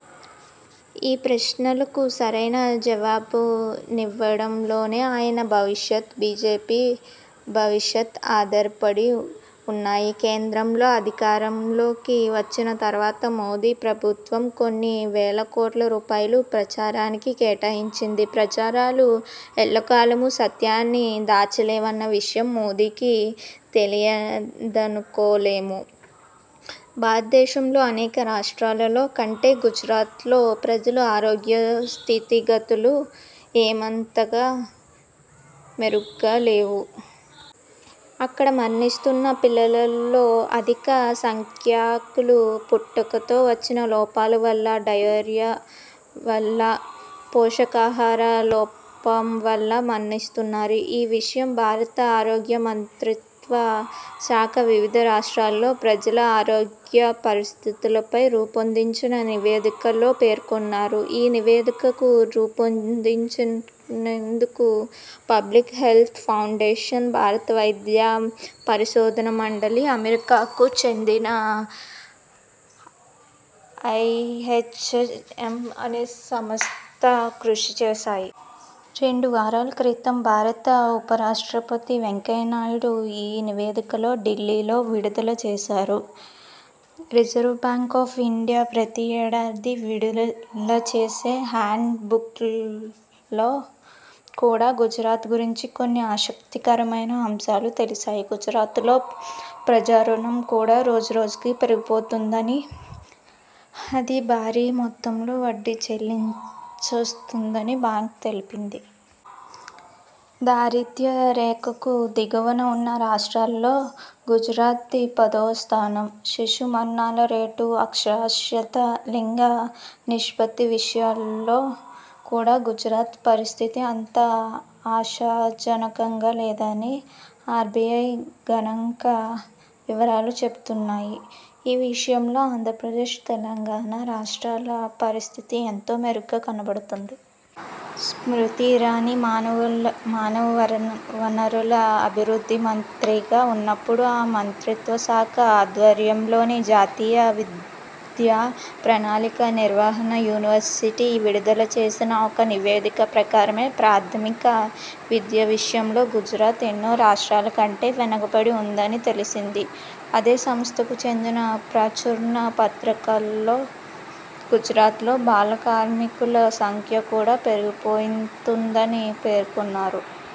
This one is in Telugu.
ఈ ప్రశ్నలకు సరైన జవాబివ్వడంలోనే ఆయన భవిష్యత్, బీజేపీ భవిష్యత్ ఆధారపడి ఉన్నాయి. కేంద్రంలో అధికారంలోకి వచ్చిన తర్వాత మోదీ ప్రభుత్వం కొన్ని వేల కోట్ల రూపాయలు ప్రచారానికి కేటాయించింది. ప్రచారాలు ఎల్లకాలమూ సత్యాన్ని దాచలేవన్న విషయం మోదీకి తెలియదనుకోలేము. భారత దేశంలో అనేక రాష్ట్రాల్లో కంటే గుజరాత్లో ప్రజల ఆరోగ్య స్థితిగతులు ఏమంత మెరుగ్గా లేవు. అక్కడ మరణిస్తున్న పిల్లల్లో అధిక సంఖ్యాకులు పుట్టుకతో వచ్చిన లోపాల వల్ల, డయేరియా వల్ల, పోషకాహార లోపం వల్ల మరణిస్తున్నారు. ఈ విషయం భారత ఆరోగ్య మంత్రిత్వ శాఖ వివిధ రాష్ట్రాల్లో ప్రజల ఆరోగ్య పరిస్థితులపై రూపొందించిన నివేదికలో పేర్కొన్నారు. ఈ నివేదికను రూపొందించేందుకు పబ్లిక్ హెల్త్ ఫౌండేషన్, భారత వైద్య పరిశోధనా మండలి, అమెరికాకు చెందిన ఐహెచ్ఎంఈ అనే సంస్థ కృషి చేశాయి. రెండు వారాల క్రితం భారత ఉపరాష్ట్రపతి వెంకయ్యనాయుడు ఈ నివేదికను ఢిల్లీలో విడుదల చేశారు. రిజర్వు బ్యాంక్ ఆఫ్ ఇండియా ప్రతి ఏడాదీ విడుదల చేసే హ్యాండ్ బుక్లో కూడా గుజరాత్ గురించి కొన్ని ఆసక్తికరమైన అంశాలు తెలిశాయి. గుజరాత్లో ప్రజారుణం కూడా రోజురోజుకూ పెరిగిపోతున్నదని, అది భారీ మొత్తంలో వడ్డీ చెల్లిస్తోందని బ్యాంకు తెలిపింది. దారిద్ర్య రేఖకు దిగువన ఉన్న రాష్ట్రాల్లో గుజరాత్ది పదవ స్థానం. శిశుమరణాల రేటు, అక్షరాస్యత, లింగ నిష్పత్తి విషయంలో కూడా గుజరాత్ పరిస్థితి అంత ఆశాజనకంగా లేదని ఆర్బీఐ గణాంక వివరాలు చెబుతున్నాయి. ఈ విషయంలో ఆంధ్రప్రదేశ్, తెలంగాణ రాష్ట్రాల పరిస్థితి ఎంతో మెరుగ్గా కనపడుతోంది. స్మృతి ఇరానీ మానవ వనరుల అభివృద్ధి మంత్రిగా ఉన్నప్పుడు ఆ మంత్రిత్వ శాఖ ఆధ్వర్యంలోని జాతీయ విద్యా ప్రణాళిక, నిర్వహణ యూనివర్సిటీ విడుదల చేసిన ఒక నివేదిక ప్రకారమే ప్రాథమిక విద్య విషయంలో గుజరాత్ ఎన్నో రాష్ట్రాల కంటే వెనకబడి ఉన్నదని తేలింది. ఇదే సంస్థకు చెందిన ప్రచురణ పత్రాల్లో గుజరాత్లో బాల కార్మికుల సంఖ్య కూడా పెరిగిపోతున్నదని పేర్కొన్నారు.